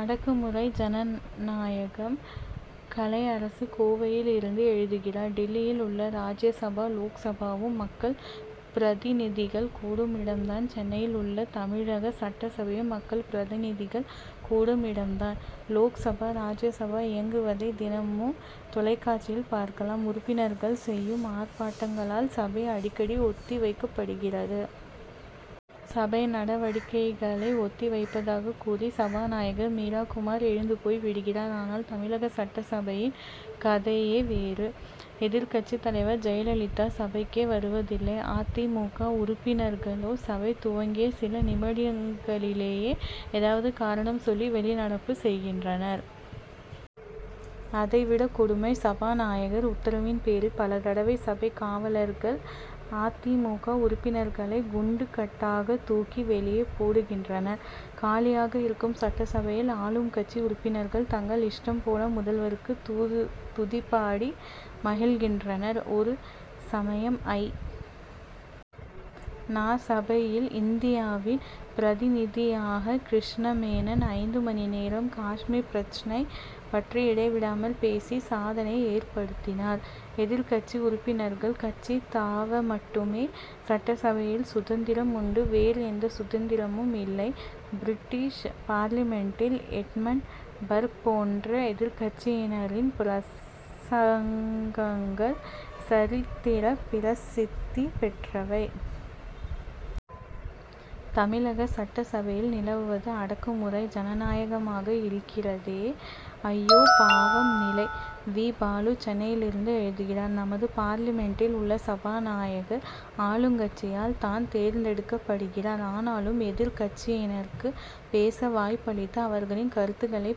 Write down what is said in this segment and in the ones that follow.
அடக்கு முறை ஜனநாயகம்! கலை அரசு கோவையிலிருந்து எழுதுகிறார் டில்லியில் உள்ள ராஜ்யசபா லோக்சபாவும் மக்கள் பிரதிநிதிகள் கூடும் இடம் தான் சென்னையில் உள்ள தமிழக சட்டசபையும் மக்கள் பிரதிநிதிகள் கூடும் இடம் தான். லோக்சபா ராஜ்யசபா இயங்குவதை தினமும் தொலைக்காட்சியில் பார்க்கலாம். உறுப்பினர்கள் செய்யும் ஆர்ப்பாட்டங்களால் சபை அடிக்கடி ஒத்தி வைக்கப்படுகிறது. சபை நடவடிக்கைகளை ஒத்தி வைப்பதாகக் கூறி சபாநாயகர் மீரா குமார் எழுந்து போய் விடுகிறார். ஆனால் தமிழக சட்டசபையின் கதையே வேறு. எதிர்க்கட்சித் தலைவர் ஜெயலலிதா சபைக்கே வருவதில்லை. அ. தி. மு. க. உறுப்பினர்களோ சபை துவங்கிய சில நிமிடங்களிலேயே ஏதாவது காரணம் சொல்லி வெளிநடப்பு செய்கின்றனர். அதைவிட கொடுமை சபாநாயகர் உத்தரவின் பேரில் பல தடவை சபைக் காவலர்கள் அ. தி. மு. க. உறுப்பினர்களைக் குண்டுக் கட்டாகத் தூக்கி வெளியே போடுகின்றனர். காலியாக இருக்கும் சட்டசபையில் ஆளும் கட்சி உறுப்பினர்கள் தங்கள் இஷ்டம் போல முதல்வருக்கு தூது துதிபாடி மகிழ்கின்றனர். ஒரு சமயம் ஐ. நா. சபையில் இந்தியாவின் பிரதிநிதியாக கிருஷ்ணமேனன் ஐந்து மணி நேரம் காஷ்மீர் பிரச்னை பற்றி இடைவிடாமல் பேசி சாதனை ஏற்படுத்தினார். எதிர்க்கட்சி உறுப்பினர்கள் கட்சி தாவ மட்டுமே சட்டசபையில் சுதந்திரம் உண்டு வேறு எந்த சுதந்திரமும் இல்லை. பிரிட்டிஷ் பார்லிமென்டில் எட்மண்ட் பர்க் போன்ற எதிர்க்கட்சியினரின் பிரசங்கங்கள் சரித்திரப் பிரசித்தி பெற்றவை. தமிழக சட்டசபையில் நிலவுவது அடக்குமுறை ஜனநாயகமாக இருக்கிறதே! ஐயோ பாவம்நிலை! வி. பாலு சென்னையிலிருந்து எழுதுகிறார் நமது பார்லிமென்டில் உள்ள சபாநாயகர் ஆளுங்கட்சியால் தான் தேர்ந்தெடுக்கப்படுகிறார். ஆனாலும் எதிர்க்கட்சியினருக்கு பேச வாய்ப்பளித்து அவர்களின் கருத்துக்களை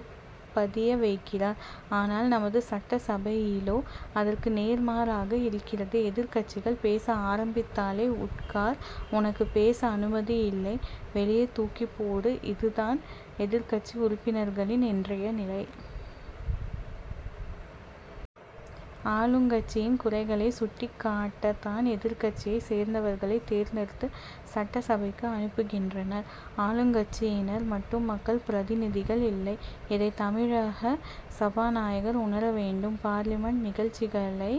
பதிய வைக்கிறார். ஆனால் நமது சட்டசபையிலோ அதற்கு நேர்மாறாக இருக்கிறது எதிர்க்கட்சிகள் பேச ஆரம்பித்தாலே உட்கார் உனக்கு பேச அனுமதி இல்லை வெளியே தூக்கிப்போடு இதுதான் எதிர்க்கட்சி உறுப்பினர்களின் இன்றைய நிலை. ஆளுங்கட்சியின் குறைகளை சுட்டிக்காட்டத் தான் எதிர்க்கட்சியை சேர்ந்தவர்களை தேர்ந்தெடுத்து சட்டசபைக்கு அனுப்புகின்றனர். ஆளுங்கட்சியினர் மட்டும் மக்கள் பிரதிநிதிகள் இல்லை. இதை தமிழக சபாநாயகர் உணர வேண்டும். பார்லிமென்ட் நிகழ்ச்சிகளை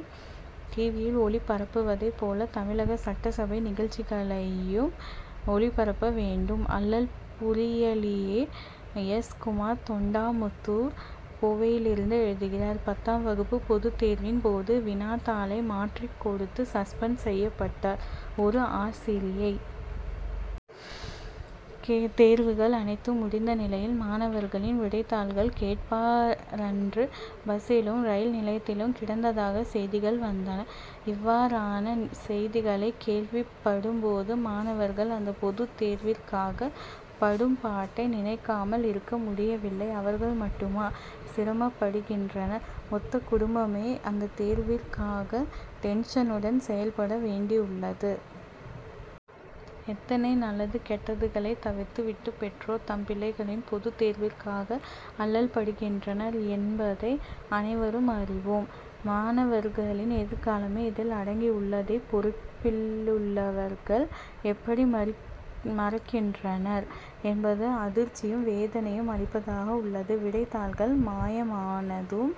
டிவியில் ஒளிபரப்புவதை போல தமிழக சட்டசபை நிகழ்ச்சிகளையும் ஒளிபரப்ப வேண்டும். அல்லல்புரியலியே! எஸ். குமார் தொண்டாமுத்தூர் கோவையிலிருந்து எழுதுகிறார் பத்தாம் வகுப்பு பொதுத்தேர்வின் போது வினாத்தாளை மாற்றிக் கொடுத்து சஸ்பெண்ட் செய்யப்பட்டார் ஒரு ஆசிரியை. தேர்வுகள் அனைத்தும் முடிந்த நிலையில் மாணவர்களின் விடைத்தாள்கள் கேட்பாரன்று பஸ்சிலும் ரயில் நிலையத்திலும் கிடந்ததாக செய்திகள் வந்தன. இவ்வாறான செய்திகளைக் கேள்விப்படும் போது மாணவர்கள் அந்த பொதுத் தேர்விற்காக படும் பாட்டை நினைக்காமல் இருக்க முடியவில்லை. அவர்கள் மட்டுமா சிரமப்படுகின்றனர்? மொத்த குடும்பமே அந்த தேர்விற்காக டென்ஷனுடன் செயல்பட வேண்டியுள்ளது. எத்தனை நல்லது கெட்டதுகளை தவிர்த்து விட்டு பெற்றோர் தம் பிள்ளைகளின் பொதுத் தேர்விற்காக அல்லல்படுகின்றனர் என் பதை அனைவரும் அறிவோம். மாணவர்களின் எதிர்காலமே இதில் அடங்கி உள்ளதை பொறுப்பிலுள்ளவர்கள் எப்படி மறி மறக்கின்றனர் என்பது அதிர்ச்சியும் வேதனையும் அளிப்பதாக உள்ளது. விடைத்தாள்கள் மாயமானதும்